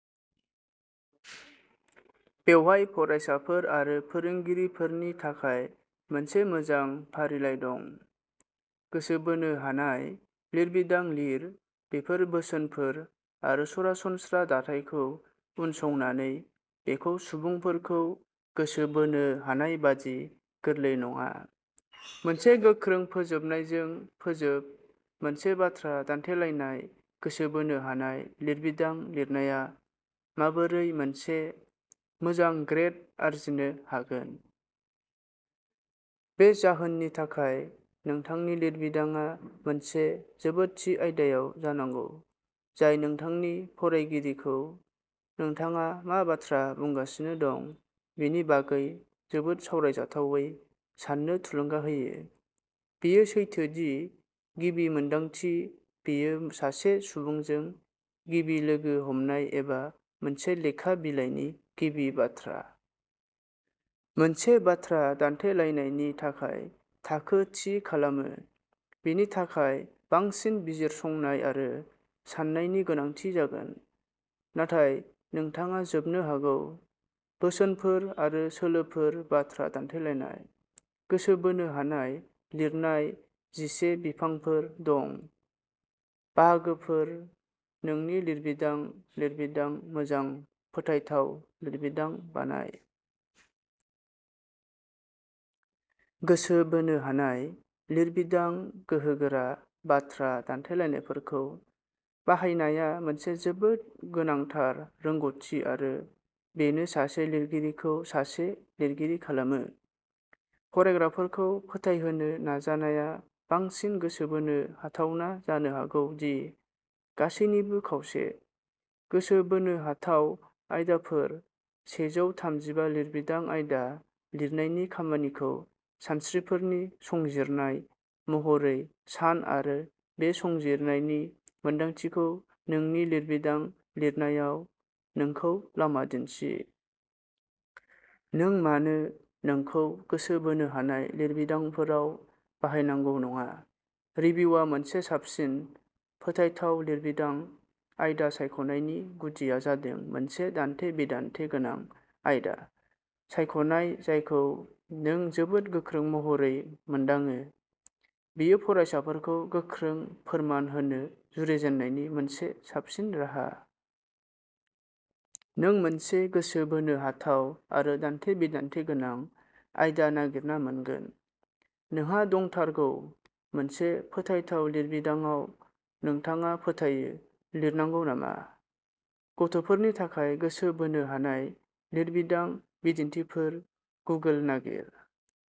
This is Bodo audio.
बेवहाय फरायसाफोर आरो फोरोंगिरिफोरनि थाखाय मोनसे मोजां फारिलाइ दं। गोसो बोनो हानाय लिरबिदां लिर बेफोर बोसोनफोर आरो सरासनस्रा दाथायखौ उनसंनानै बेखौ सुबुंफोरखौ गोसो बोनो हानाय बादि गोरलै नङा। मोनसे गोख्रों फोजोबनायजों फोजोब। मोनसे बाथ्रा दान्थेलायनाय गोसो बोनो हानाय लिरबिदां लिरनाया माबोरै मोनसे मोजां ग्रेड आरजिनो हागोन। बे जाहोननि थाखाय नोंथांनि लिरबिदांआ मोनसे जोबोद थि आयदायाव जानांगौ जाय नोंथांनि फरायगिरिखौ नोंथाङा मा बाथ्रा बुंगासिनो दं बेनि बागै जोबोद सावरायजाथावै साननो थुलुंगा होयो। बेयो सैथो दि गिबि मोनदांथि बेयो सासे सुबुंजों गिबि लोगो हमनाय एबा मोनसे लेखा बिलाइनि गिबि बाथ्रा। मोनसे बाथ्रा दान्थेलायनायनि थाखाय थाखो थि खालामो। बेनि थाखाय बांसिन बिजिरसंनाय आरो साननायनि गोनांथि जागोन। नाथाय नोंथाङा जोबनो हागौ। बोसोनफोर आरो सोलोफोर बाथ्रा दान्थेलायनाय। गोसो बोनो हानाय लिरनाय जिसे बिफांफोर। द' बाहागोफोर नोंनि लिरबिदां लिरबिदां मोजां फोथायथाव लिरबिदां बानाय। गोसो बोनो हानाय लिरबिदां गोहोगोरा बाथ्रा दान्थेलायनायफोरखौ बाहायनाया मोनसे जोबोद गोनांथार रोंग'थि आरो बेनो सासे लिरगिरिखौ सासे लिरगिरि खालामो। फरायग्राफोरखौ फोथायहोनो नाजानाया बांसिन गोसो बोनो हाथावना जानो हागौ दि गासैनिबो खावसे। गोसो बोनो हाथाव आयदाफोर सेजौ थामजिबा लिरबिदां आयदा लिरनायनि खामानिखौ सानस्रिफोरनि संजिरनाय महरै सान आरो बे संजिरनायनि मोनदांथिखौ नोंनि लिरबिदां लिरनायाव नोंखौ लामा दिन्थि। नों मानो नोंखौ गोसो बोनो हानाय लिरबिदांफोराव बाहायनांगौ नङा। रिभिउआ मोनसे साबसिन फोथायथाव लिरबिदां आयदा सायख'नायनि गुदिआ जादों मोनसे दान्थे-बिदान्थे गोनां आयदा सायख'नाय जायखौ नों जोबोद गोख्रों महरै मोनदाङो। बेयो फरायसाफोरखौ गोख्रों फोरमान होनो जुरिजेननायनि मोनसे साबसिन राहा। नों मोनसे गोसो बोनो हाथाव आरो दान्थे-बिदान्थे गोनां आयदा नागिरना मोनगोन। नोंहा दंथारगौ। मोनसे फोथायथाव लिरबिदांआव नोंथाङा फोथायो लिरनांगौ नामा? गथ'फोरनि थाखाय गोसो बोनो हानाय लिरबिदां बिदिन्थिफोर-गुगोल नागिर।